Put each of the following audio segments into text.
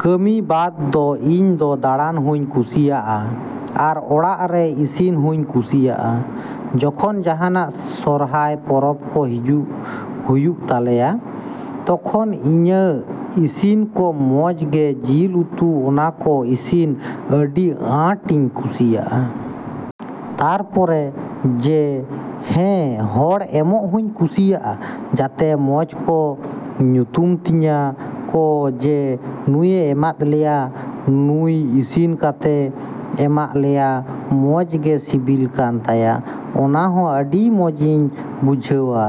ᱠᱟᱹᱢᱤ ᱵᱟᱫᱽ ᱫᱚ ᱤᱧ ᱫᱚ ᱫᱟᱬᱟᱱ ᱦᱩᱧ ᱠᱩᱥᱤᱭᱟᱜᱼᱟ, ᱟᱨ ᱚᱲᱟᱜ ᱨᱮ ᱤᱥᱤᱱ ᱦᱩᱧ ᱠᱩᱥᱤᱭᱟᱜᱼᱟ᱾ ᱡᱚᱠᱷᱚᱱ ᱡᱟᱦᱟᱱᱟᱜ ᱥᱚᱨᱦᱟᱭ ᱯᱚᱨᱚᱵᱽ ᱠᱚ ᱦᱤᱡᱩᱜ ᱦᱩᱭᱩᱜ ᱛᱟᱞᱮᱭᱟ, ᱛᱚᱠᱷᱚᱱ ᱤᱧᱟᱹᱜ ᱤᱥᱤᱱ ᱠᱚ ᱢᱚᱡᱽ ᱜᱮ ᱡᱤᱞ ᱩᱛᱩ ᱚᱱᱟ ᱠᱚ ᱤᱥᱤᱱ ᱟᱹᱰᱤ ᱟᱸᱴᱤᱧ ᱠᱩᱥᱤᱭᱟᱜᱼᱟ᱾ ᱛᱟᱨᱯᱚᱨᱮ ᱡᱮ, ᱦᱮᱸ ᱦᱚᱲ ᱮᱢᱚᱜ ᱦᱚᱧ ᱠᱩᱥᱤᱭᱟᱜᱼᱟ, ᱡᱟᱛᱮ ᱢᱚᱡᱽ ᱠᱚ ᱧᱩᱛᱩᱢ ᱛᱤᱧᱟ ᱠᱚ ᱡᱮ ᱱᱩᱭᱮ ᱮᱢᱟᱫ ᱞᱮᱭᱟ, ᱱᱩᱭ ᱤᱥᱤᱱ ᱠᱟᱛᱮ ᱮᱢᱟᱜ ᱞᱮᱭᱟ᱾ ᱢᱚᱡᱽ ᱜᱮ ᱥᱤᱵᱤᱞ ᱠᱟᱱ ᱛᱟᱭᱟ᱾ ᱚᱱᱟ ᱦᱚᱸ ᱟᱹᱰᱤ ᱢᱚᱡᱤᱧ ᱵᱩᱡᱷᱟᱹᱣᱟ᱾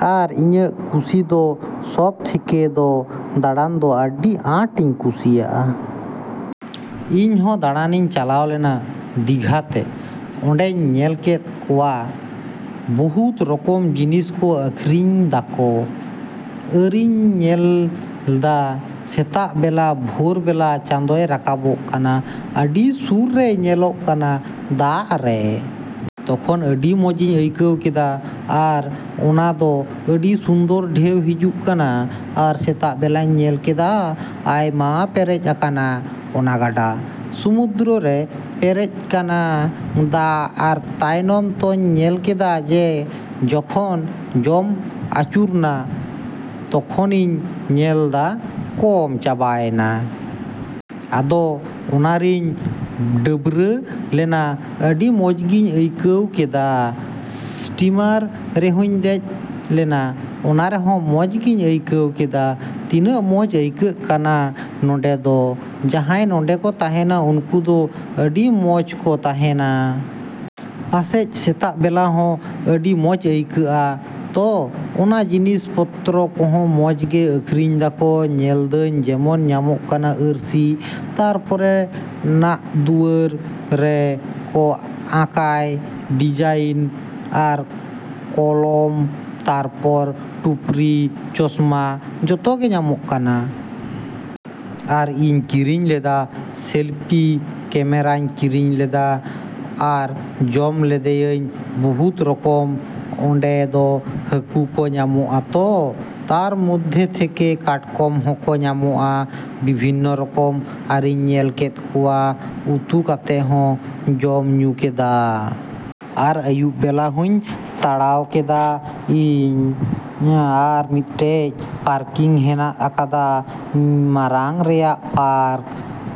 ᱟᱨ, ᱤᱧᱟᱹᱜ ᱠᱩᱥᱤ ᱫᱚ, ᱥᱚᱵᱽ ᱛᱷᱮᱠᱮ ᱫᱚ ᱫᱟᱬᱟᱱ ᱫᱚ ᱟᱹᱰᱤ ᱟᱸᱴᱤᱧ ᱠᱩᱥᱤᱭᱟᱜᱼᱟ᱾ ᱤᱧ ᱦᱚᱸ ᱫᱟᱬᱟᱱᱤᱧ ᱪᱟᱞᱟᱣ ᱞᱮᱱᱟ ᱫᱤᱜᱷᱟ ᱛᱮ᱾ ᱚᱸᱰᱮᱧ ᱧᱮᱞ ᱠᱮᱫ ᱠᱚᱣᱟ ᱵᱚᱦᱩᱛ ᱨᱚᱠᱚᱢ ᱡᱤᱱᱤᱥ ᱠᱚ ᱟᱠᱷᱨᱤᱧ ᱫᱟᱠᱚ᱾ ᱟᱨᱤᱧ ᱧᱮᱞᱫᱟ ᱥᱮᱛᱟᱜ ᱵᱮᱞᱟ, ᱵᱷᱳᱨ ᱵᱮᱞᱟ ᱪᱟᱸᱫᱚᱭ ᱨᱟᱠᱟᱵᱚᱜ ᱠᱟᱱᱟ, ᱟᱹᱰᱤ ᱥᱩᱨ ᱨᱮᱭ ᱧᱮᱞᱚᱜ ᱠᱟᱱᱟ ᱫᱟᱜ ᱨᱮ᱾ ᱛᱚᱠᱷᱚᱱ ᱟᱹᱰᱤ ᱢᱚᱸᱡᱤᱧ ᱟᱹᱭᱠᱟᱹᱣ ᱠᱮᱫᱟ ᱟᱨ ᱚᱱᱟ ᱫᱟᱜ ᱟᱹᱰᱤ ᱥᱩᱱᱫᱚᱨ ᱰᱷᱮᱣ ᱦᱤᱡᱩᱜ ᱠᱟᱱᱟ ᱟᱨ ᱥᱮᱛᱟᱜ ᱵᱮᱞᱟᱧ ᱧᱮᱞ ᱠᱮᱫᱟ ᱟᱭᱢᱟ ᱯᱮᱨᱮᱡ ᱟᱠᱟᱱᱟ, ᱚᱱᱟ ᱜᱟᱰᱟ᱾ ᱥᱚᱢᱩᱫᱨᱚ ᱨᱮ ᱯᱮᱨᱮᱡ ᱠᱟᱱᱟ ᱫᱟᱜ ᱟᱨ ᱛᱟᱭᱱᱚᱢ ᱛᱚᱧ ᱧᱮᱞ ᱠᱮᱫᱟ ᱡᱮ ᱡᱚᱠᱷᱚᱱ ᱡᱚᱢ ᱟᱪᱩᱨᱱᱟ ᱛᱚᱠᱷᱚᱱᱤᱧ ᱧᱮᱞ ᱫᱟ ᱠᱚᱢ ᱪᱟᱵᱟᱭᱱᱟ᱾ ᱟᱫᱚ ᱚᱱᱟ ᱨᱤᱧ ᱰᱟᱹᱵᱨᱟᱹ ᱞᱮᱱᱟ᱾ ᱟᱹᱰᱤ ᱢᱚᱡᱽᱜᱤᱧ ᱟᱹᱭᱠᱟᱹᱣ ᱠᱮᱫᱟ, ᱥᱴᱤᱢᱟᱨ ᱨᱮᱦᱚᱧ ᱫᱮᱡ ᱞᱮᱱᱟ᱾ ᱚᱱᱟ ᱨᱮᱦᱚᱸ ᱢᱚᱡᱽ ᱜᱤᱧ ᱟᱭᱠᱟᱹᱣ ᱠᱮᱫᱟ᱾ ᱛᱤᱱᱟᱹᱜ ᱢᱚᱡᱽ ᱟᱹᱭᱠᱟᱹᱜ ᱠᱟᱱᱟ ᱱᱚᱸᱰᱮ ᱫᱚ᱾ ᱡᱟᱦᱟᱸᱭ ᱱᱚᱸᱰᱮ ᱠᱚ ᱛᱟᱦᱮᱱᱟ ᱩᱱᱠᱩ ᱫᱚ ᱟᱹᱰᱤ ᱢᱚᱡᱽ ᱠᱚ ᱛᱟᱦᱮᱱᱟ᱾ ᱯᱟᱥᱮᱡ ᱥᱮᱛᱟᱜ ᱵᱮᱞᱟ ᱦᱚᱸ ᱟᱹᱰᱤ ᱢᱚᱡᱽ ᱟᱹᱭᱠᱟᱹᱜᱼᱟ ᱛᱚ᱾ ᱟᱨ ᱡᱤᱱᱤᱥ ᱯᱚᱛᱨᱚ ᱠᱚᱦᱚᱸ ᱢᱚᱡᱽ ᱜᱮ ᱟᱠᱷᱨᱤᱧ ᱫᱟᱠᱚ ᱧᱮᱞ ᱫᱟᱹᱧ, ᱡᱮᱢᱚᱱ ᱧᱟᱢᱚᱜ ᱠᱟᱱᱟ ᱟᱨᱥᱤ, ᱛᱟᱨᱯᱚᱨᱮ ᱱᱟᱜ ᱫᱩᱣᱟᱹᱨ ᱨᱮ ᱠᱚ ᱟᱸᱠᱟᱭ᱾ ᱰᱤᱡᱟᱭᱤᱱ ᱟᱨ ᱠᱚᱞᱚᱢ ᱛᱟᱨᱯᱚᱨ ᱴᱩᱯᱨᱤ, ᱪᱚᱥᱢᱟ ᱡᱚᱛᱚ ᱜᱮ ᱧᱟᱢᱚᱜ ᱠᱟᱱᱟ᱾ ᱟᱨ ᱤᱧ ᱠᱤᱨᱤᱧ ᱞᱮᱫᱟᱼ ᱥᱮᱞᱯᱤ ᱠᱮᱢᱮᱨᱟᱧ ᱠᱤᱨᱤᱧ ᱞᱮᱫᱟ᱾ ᱟᱨ ᱡᱚᱢ ᱞᱮᱫᱮᱭᱤᱧ ᱵᱚᱦᱩᱛ ᱨᱚᱠᱚᱢ ᱚᱸᱰᱮ ᱫᱚ ᱦᱟᱹᱠᱩ ᱠᱚ ᱧᱟᱢᱚᱜᱼᱟ ᱛᱚ ᱛᱟᱨ ᱢᱚᱫᱽᱫᱷᱮ ᱛᱷᱮᱠᱮ ᱠᱟᱴᱠᱚᱢ ᱦᱚᱸᱠᱚ ᱧᱟᱢᱚᱜᱼᱟ᱾ ᱵᱷᱤᱵᱤᱱᱱᱚ ᱨᱚᱠᱚᱢ ᱟᱨᱤᱧ ᱧᱮᱞ ᱠᱮᱫ ᱠᱚᱣᱟ ᱩᱛᱩ ᱠᱟᱛᱮ ᱦᱚᱸ ᱡᱚᱢᱼᱧᱩ ᱠᱮᱫᱟ᱾ ᱟᱨ ᱟᱭᱩᱵ ᱵᱮᱞᱟ ᱦᱚᱧ ᱛᱟᱲᱟᱣ ᱠᱮᱫᱟ ᱤᱧ᱾ ᱟᱨ ᱢᱤᱫᱴᱮᱡ ᱯᱟᱨᱠᱤᱝ ᱦᱮᱱᱟᱜ ᱟᱠᱟᱫᱟ᱾ ᱢᱟᱨᱟᱝ ᱨᱮᱭᱟᱜ ᱯᱟᱨᱠ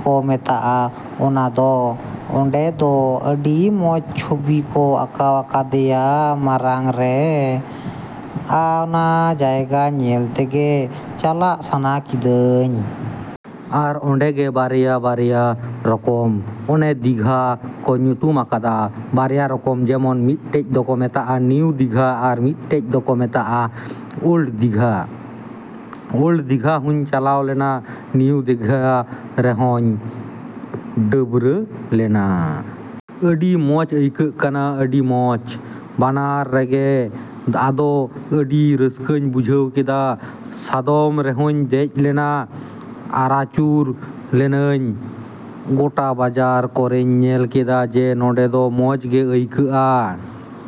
ᱠᱚ ᱢᱮᱛᱟᱜᱼᱟ ᱚᱱᱟ ᱫᱚ᱾ ᱚᱸᱰᱮ ᱫᱚ ᱟᱹᱰᱤ ᱢᱚᱡᱽ ᱪᱷᱚᱵᱤ ᱠᱚ ᱟᱸᱠᱟᱣ ᱟᱠᱟᱫᱮᱭᱟ ᱢᱟᱨᱟᱝ ᱨᱮ᱾ ᱚᱱᱟ ᱡᱟᱭᱜᱟ ᱧᱮᱞ ᱛᱮᱜᱮ ᱪᱟᱞᱟᱜ ᱥᱟᱱᱟ ᱠᱤᱫᱟᱹᱧ᱾ ᱟᱨ ᱚᱸᱰᱮ ᱜᱮ ᱵᱟᱨᱭᱟ ᱵᱟᱨᱭᱟ ᱨᱚᱠᱚᱢ, ᱚᱱᱮ ᱫᱤᱜᱷᱟ ᱠᱚ ᱧᱩᱛᱩᱢ ᱟᱠᱟᱫᱟ ᱵᱟᱨᱭᱟ ᱨᱚᱠᱚᱢ ᱡᱮᱢᱚᱱ, ᱢᱤᱫᱴᱮᱡ ᱫᱚᱠᱚ ᱢᱮᱛᱟᱜᱼᱟ ᱱᱤᱭᱩ ᱫᱤᱜᱷᱟ ᱟᱨ ᱢᱤᱫᱴᱮᱡ ᱫᱚᱠᱚ ᱢᱮᱛᱟᱜᱼᱟ ᱳᱞᱰ ᱫᱤᱜᱷᱟ᱾ ᱳᱞᱰ ᱫᱤᱜᱷᱟ ᱦᱚᱧ ᱪᱟᱞᱟᱣ ᱞᱮᱱᱟ, ᱱᱤᱭᱩ ᱫᱤᱜᱷᱟ ᱨᱮᱦᱚᱧ ᱰᱟᱹᱵᱨᱟᱹ ᱞᱮᱱᱟ᱾ ᱟᱰᱤ ᱢᱚᱡᱽ ᱟᱹᱭᱠᱟᱹᱜ ᱠᱟᱱᱟ, ᱟᱰᱤ ᱢᱚᱡᱽ᱾ ᱵᱟᱱᱟᱨ ᱨᱮᱜᱮ, ᱟᱫᱚ ᱟᱹᱰᱤ ᱨᱟᱹᱥᱠᱟᱹᱧ ᱵᱩᱡᱷᱟᱹᱣ ᱠᱮᱫᱟ᱾ ᱥᱟᱫᱚᱢ ᱨᱮᱦᱚᱧ ᱫᱮᱡ ᱞᱮᱱᱟ ᱟᱨᱟᱪᱩᱨ ᱞᱮᱱᱟᱹᱧ ᱜᱚᱴᱟ ᱵᱟᱡᱟᱨ ᱠᱚᱨᱮᱧ ᱧᱮᱞ ᱠᱮᱫᱟ, ᱡᱮ ᱱᱚᱸᱰᱮ ᱫᱚ ᱢᱚᱡᱽ ᱜᱮ ᱟᱹᱭᱠᱟᱹᱜᱼᱟ।